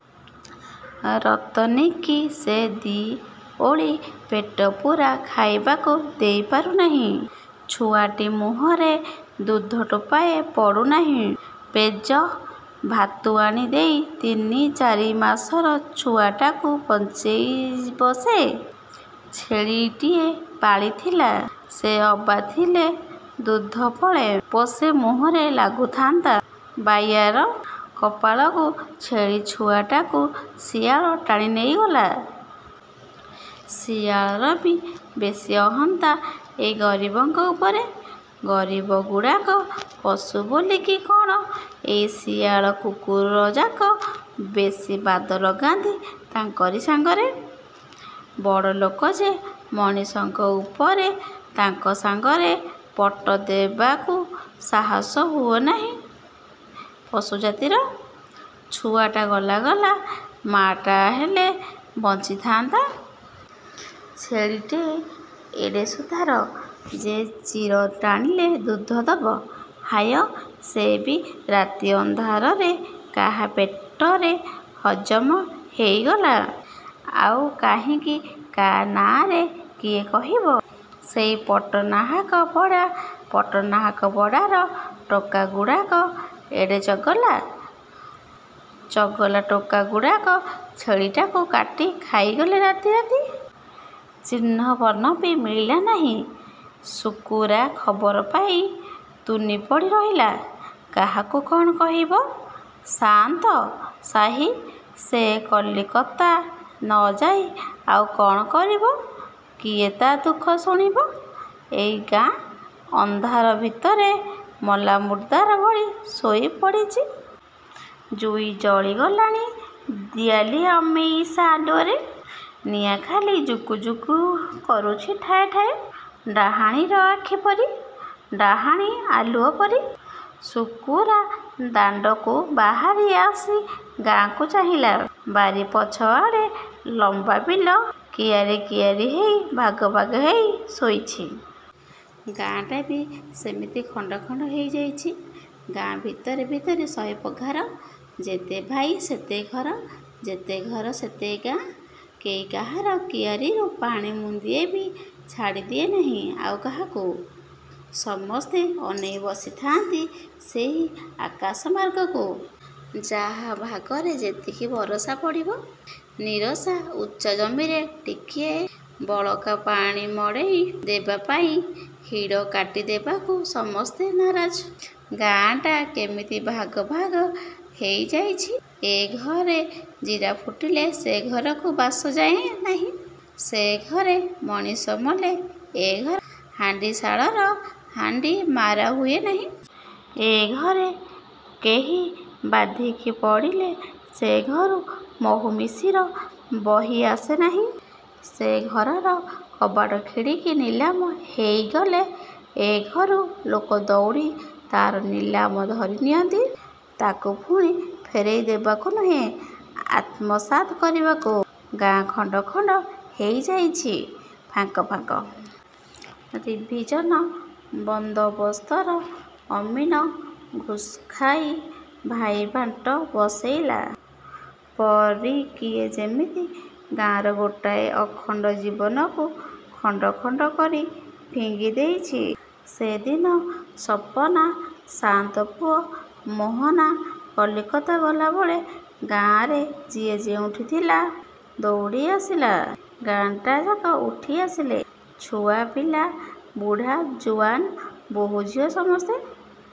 ଅ ରତନୀକି ସେ ଦି'ଓଳି ପେଟପୂରା ଖାଇବାକୁ ଦେଇପାରୁନାହିଁ। ଛୁଆଟି ମୁହଁରେ ଦୁଧ ଟୋପାଏ ପଡ଼ୁନାହିଁ। ପେଯ, ଭାତୁଆଣି ଦେଇ ତିନି ଚାରିମାସର ଛୁଆଟାକୁ ବଞ୍ଚେଇବ ସେ? ଛେଳିଟିଏ ପାଳିଥିଲା ସେ ଅବା ଥିଲେ ଦୁଧ ପଳେ ପୋଷେ ମୁହଁରେ ଲାଗୁଥାନ୍ତା ବାଇଆର। କପାଳକୁ ଛେଳି ଛୁଆଟାକୁ ଶିଆଳ ଟାଣି ନେଇଗଲା। ଶିଆଳରବି ବେଶି ଅହନ୍ତା ଏ ଗରିବଙ୍କ ଉପରେ। ଗରିବଗୁଡ଼ାକ ପଶୁ ବୋଲି କି କ'ଣ ଏଇ ଶିଆଳ କୁକୁରଯାକ ବେଶି ବାଦ ଲଗାନ୍ତି ତାଙ୍କରି ସାଙ୍ଗରେ। ବଡ଼ଲୋକ ଯେ ମଣିଷଙ୍କ ଉପରେ, ତାଙ୍କ ସାଙ୍ଗରେ ପଟ ଦେବାକୁ ସାହାସ ହୁଅ ନାହିଁ ପଶୁ ଜାତିର। ଛୁଆଟା ଗଲା ଗଲା, ମାଟା ହେଲେ ବଞ୍ଚି ଥାଆନ୍ତା। ଛେଳିଟି ଏଡ଼େ ସୁଧାର ଯେ ଚିର ଟାଣିଲେ ଦୁଧ ଦବ। ହାୟ, ସେ ବି ରାତି ଅନ୍ଧାରରେ କାହା ପେଟରେ ହଜମ ହେଇଗଲା। ଆଉ କାହିଁକି କାହା ନାଆଁରେ କିଏ କହିବ! ସେହି ପଟ୍ଟନାହାକ ପଡ଼ା ପଟ୍ଟନାହାକପଡ଼ାର ଟୋକାଗୁଡ଼ାକ ଏଡ଼େ ଚଗଲା ଚଗଲା ଟୋକାଗୁଡ଼ାକ ଛେଳିଟାକୁ କାଟି ଖାଇଗଲେ ରାତିରାତି। ଚିହ୍ନବର୍ଣ୍ଣବି ମିଳିଲା ନାହିଁ। ଶୁକୁରା ଖବର ପାଇ ତୁନି ପଡ଼ି ରହିଲା। କାହାକୁ କଣ କହିବ? ସାଆନ୍ତ ସାହି। ସେ କଲିକତା ନ ଯାଇ ଆଉ କଣ କରିବ? କିଏ ତା ଦୁଃଖ ଶୁଣିବ? ଏଇ ଗାଁ। ଅନ୍ଧାର ଭିତରେ ମଲା ମୁର୍ଦାର ଭଳି ଶୋଇ ପଡ଼ିଚି। ଜୁଇ ଜଳି ଗଲାଣି ଦିଆଲି ଅମେଇସା ଆଲୁଅରେ। ନିଆଁ ଖାଲି ଜୁକୁଜୁକୁ କରୁଛି ଠାଏ ଠାଏ, ଡାହାଣୀର ଆଖି ପରି, ଡାହାଣୀ ଆଲୁଅ ପରି। ଶୁକୁରା ଦାଣ୍ଡକୁ ବାହାରି ଆସି ଗାଁକୁ ଚାହିଁଲା। ବାରିପଛ ଆଡ଼େ ଲମ୍ୱା ବିଲ କିଆରି କିଆରି ହେଇ ଭାଗ ଭାଗ ହେଇ ଶୋଇଛି। ଗାଁଟାବି ସେମିତି ଖଣ୍ଡ ଖଣ୍ଡ ହେଇ ଯାଇଛି। ଗାଁ ଭିତରେ ଭିତରେ ଶହେ ପଘାର। ଯେତେ ଭାଇ ସେତେ ଘର। ଯେତେ ଘର ସେତେ ଗାଁ। କେହି କାହାର କିଆରିରୁ ପାଣି ମୁନ୍ଦିଏବି ଛାଡ଼ିଦିଏ ନାହିଁ ଆଉ କାହାକୁ। ସମସ୍ତେ ଅନେଇ ବସିଥାନ୍ତି ସେଇ ଆକାଶ ମାର୍ଗକୁ। ଯାହା ଭାଗରେ ଯେତିକି ବରଷା ପଡ଼ିବ। ନିରସା ଉଚ୍ଚା ଜମିରେ ଟିକିଏ ବଳକାପାଣି ମଡ଼େଇ ଦେବାପାଇଁ ହିଡ଼କାଟିଦେବାକୁ ସମସ୍ତେ ନାରାଜ। ଗାଁଟା କେମିତି ଭାଗ ଭାଗ ହେଇ ଯାଇଛି। ଏ ଘରେ ଜିରା ଫୁଟିଲେ ସେ ଘରକୁ ବାସ ଯାଏଁ ନାହିଁ। ସେ ଘରେ ମଣିଷ ମଲେ ଏ ଘ ହାଣ୍ଡିଶାଳର ହାଣ୍ଡି ମାରା ହୁଏ ନାହିଁ। ଏ ଘରେ କେହି ବାଧିକି ପଡ଼ିଲେ ସେ ଘରୁ ମହୁ ମିଶିର ବହି ଆସେ ନାହିଁ। ସେ ଘରର କବାଟ ଖିଡ଼ିକି ନିଲାମ ହେଇଗଲେ ଏଘରୁ ଲୋକଦଉଡ଼ି ତା ର ନିଲାମ ଧରି ନିଅନ୍ତି, ତାକୁ ପୁଣି ଫେରେଇ ଦେବାକୁ ନୁହେଁ ଆତ୍ମସାତ କରିବାକୁ। ଗାଁ ଖଣ୍ଡଖଣ୍ଡ ହେଇ ଯାଇଛି ଫାଙ୍କଫାଙ୍କ! ରିଭିଜନ ବନ୍ଦୋବସ୍ତର ଅମିନ ଘୁଷ୍ଖାଇ ଭାଇ ବାଣ୍ଟ ବସେଇଲା ପରି କିଏ ଯେମିତି ଗାଁର ଗୋଟାଏ ଅଖଣ୍ଡ ଜୀବନକୁ ଖଣ୍ଡଖଣ୍ଡ କରି ଫିଙ୍ଗି ଦେଇଛି। ସେ ଦିନ ସପନା ସାଆନ୍ତ ପୁଅ ମୋହନା କଲିକତା ଗଲାବେଳେ ଗାଁରେ ଯିଏ ଯେଉଁଠି ଥିଲା ଦଉଡ଼ି ଆସିଲା। ଗାଁଟାଯାକ ଉଠି ଆସିଲେ, ଛୁଆପିଲା ବୁଢ଼ା ଜୁଆନ୍ ବହୂଝିଏ ସମସ୍ତେ।